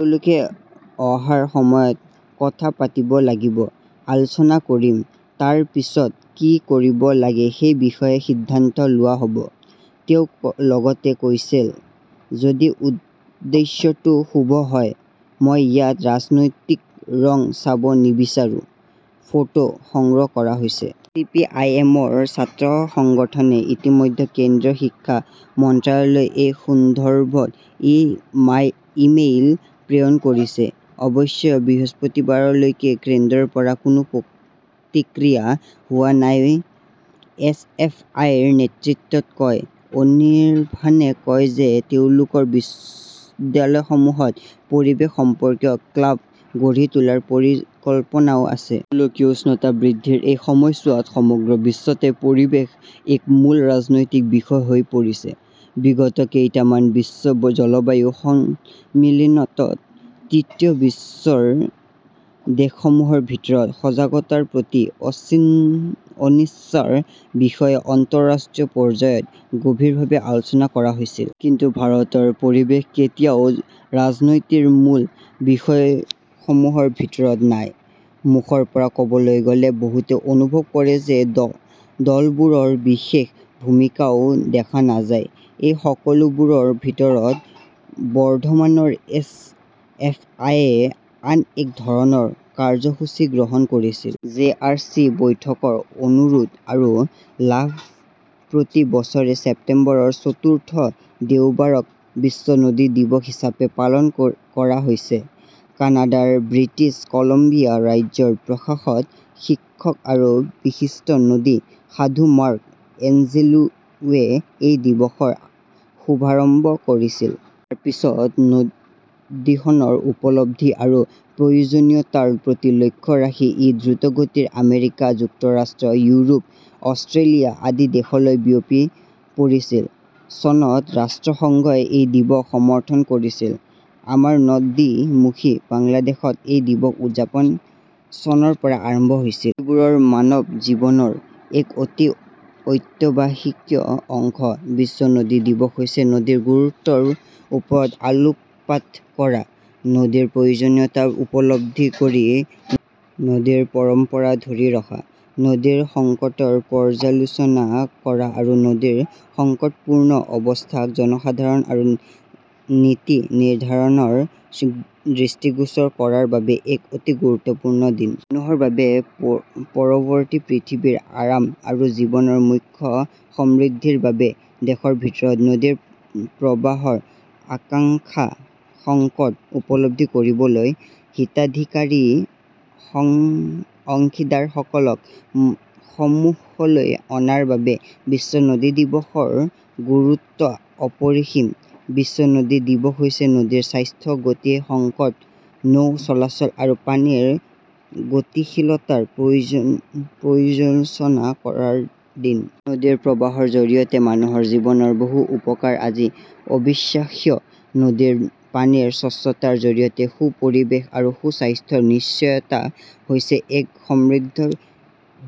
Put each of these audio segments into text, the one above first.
তেওঁলোকে অহাৰ সময়ত কথা পাতিব লাগিব। আলোচনা কৰিম। তাৰ পিছত কি কৰিব লাগে সেই বিষয়ে সিদ্ধান্ত লোৱা হ’ব। তেওঁ লগতে কৈছিল, যদি উদ্দেশ্যটো শুভ হয়, মই ইয়াত ৰাজনৈতিক ৰং চাব নিবিচাৰো। ফটোঃ সংগ্ৰহ কৰা হৈছে। চিপিআইএমৰ ছাত্ৰ সংগঠনে ইতিমধ্যে কেন্দ্ৰীয় শিক্ষা মন্ত্ৰালয়লৈ এই সন্দৰ্ভত ই মেইল প্ৰেৰণ কৰিছে। অৱশ্যে বৃহস্পতিবাৰলৈকে কেন্দ্ৰৰ পৰা কোনো প্ৰতিক্ৰিয়া পোৱা হোৱা নাই, এছ. এফ. আই. ৰ নেতৃত্বত কয়। অনিৰভানে কয় যে তেওঁলোকৰ বিদ্যালয়সমূহত পৰিৱেশ সম্পৰ্কীয় ক্লাব গঢ়ি তোলাৰ পৰিকল্পনাও আছে। গোলকীয় উষ্ণতা বৃদ্ধিৰ এই সময়ছোৱাত সমগ্ৰ বিশ্বতে পৰিৱেশ এক মূল ৰাজনৈতিক বিষয় হৈ পৰিছে। বিগত কেইটামান বিশ্ব জলবায়ু সন্মিলনত তৃতীয় বিশ্বৰ দেশসমূহৰ পৰিৱেশ সজাগতাৰ প্ৰতি অনিচ্ছাৰ বিষয়েও আন্তঃৰাষ্ট্ৰীয় পৰ্যায়ত গভীৰভাৱে আলোচনা কৰা হৈছিল। কিন্তু ভাৰতৰ পৰিৱেশ কেতিয়াও ৰাজনীতিৰ মূল বিষয়সমূহৰ ভিতৰত নাই। মুখৰ পৰা ক’বলৈ গ’লে, বহুতে অনুভৱ কৰে যে দলবোৰৰ বিশেষ ভূমিকাও দেখা নাযায়। এই সকলোবোৰৰ ভিতৰত, বৰ্ধমানৰ এছ. এফ. আই. য়ে আন এক ধৰণৰ কাৰ্যসূচী গ্ৰহণ কৰিছিল। জে. আৰ. চি. বৈঠকৰ অনুৰোধ আৰু লাভ প্ৰতি বছৰে ছেপ্টেম্বৰৰ চতুৰ্থ দেওবাৰক বিশ্ব নদী দিৱস হিচাপে পালন কৰা হৈছে। কানাডাৰ ব্ৰিটিছ কলম্বিয়া ৰাজ্যৰ প্ৰখ্যাত শিক্ষক আৰু বিশিষ্ট নদী সাধু মাৰ্ক এঞ্জেলোৱে এই দিৱসৰ শুভাৰম্ভ কৰিছিল। তাৰ পিছত নদীখনৰ উপলব্ধি আৰু প্ৰয়োজনীয়তাৰ প্ৰতি লক্ষ্য ৰাখি ই দ্ৰুতগতিত আমেৰিকা যুক্তৰাষ্ট্ৰ, ইউৰোপ, অষ্ট্ৰেলিয়া আদি দেশলৈ বিয়পি পৰিছিল। চনত ৰাষ্ট্ৰসংঘই এই দিৱসক সমৰ্থন কৰিছিল। আমাৰ নদী-মুখী বাংলাদেশত এই দিৱস উদযাপন চনৰ পৰা আৰম্ভ হৈছিল। নদীবোৰ মানৱ জীৱনৰ এক অতি অত্যাৱশ্যকীয় অংশ। বিশ্ব নদী দিৱস হৈছে নদীৰ গুৰুত্বৰ ওপৰত আলোকপাত কৰা, নদীৰ প্ৰয়োজনীয়তা উপলব্ধি কৰা, নদীৰ পৰম্পৰা ধৰি ৰখা, নদীৰ সংকটৰ পৰ্যালোচনা কৰা আৰু নদীৰ সংকটপূৰ্ণ অৱস্থাক জনসাধাৰণ আৰু নীতি নিৰ্ধাৰকৰ দৃষ্টিগোচৰ কৰাৰ বাবে এক অতি গুৰুত্বপূৰ্ণ দিন। মানুহৰ বাবে, পৰৱৰ্তী পৃথিৱীৰ আৰাম আৰু জীৱনৰ সুখ-সমৃদ্ধিৰ বাবে। দেশৰ ভিতৰত নদীৰ প্ৰবাহৰ আশংকা-সংকট উপলব্ধি কৰিবলৈ, হিতাধিকাৰী অংশীদাৰসকলক সন্মুখলৈ অনাৰ বাবে বিশ্ব নদী দিৱসৰ গুৰুত্ব অপৰিসীম। বিশ্ব নদী দিৱস হৈছে নদীৰ স্বাস্থ্য, গতি, সংকট, নৌ-চলাচল আৰু পানীৰ গতিশীলতাক পৰ্যালোচনা কৰাৰ দিন। নদীৰ প্ৰবাহৰ জৰিয়তে মানুহৰ জীৱনৰ বহু উপকাৰ আজি অবিশ্বাস্য। নদীৰ পানীৰ স্বচ্ছতাৰ জৰিয়তে সু-পৰিৱেশ আৰু সু-স্বাস্থ্যৰ নিশ্চয়তা হৈছে এক সমৃদ্ধ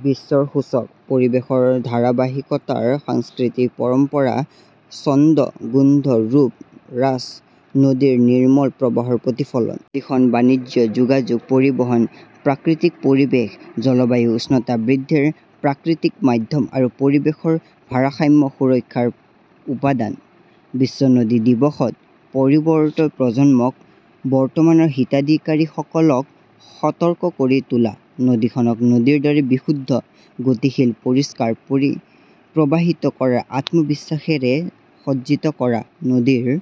বিশ্বৰ সূচক। পৰিৱেশৰ ধাৰাবাহিকতা, সংস্কৃতিৰ পৰম্পৰা, ছন্দ, গোন্ধ, ৰূপ, ৰাছ নদীৰ নিৰ্মল প্ৰবাহৰ প্ৰতিফলন। নদীখন বাণিজ্য, যোগাযোগ, পৰিবহণ, প্ৰাকৃতিক পৰিৱেশ, জলবায়ু উষ্ণতা বৃদ্ধিৰ প্ৰাকৃতিক মাধ্যম আৰু পৰিৱেশৰ ভাৰসাম্য সুৰক্ষাৰ উপাদান। বিশ্ব নদী দিৱসত, পৰৱৰ্তী প্ৰজন্মক, বৰ্তমানৰ হিতাধিকাৰীসকলক সতৰ্ক কৰি তোলা, নদীখনক নদীৰ দৰে বিশুদ্ধ, গতিশীল, পৰিষ্কাৰ, প্ৰবাহিত কৰাৰ আত্মবিশ্বাসেৰে সজ্জিত কৰা। নদীৰ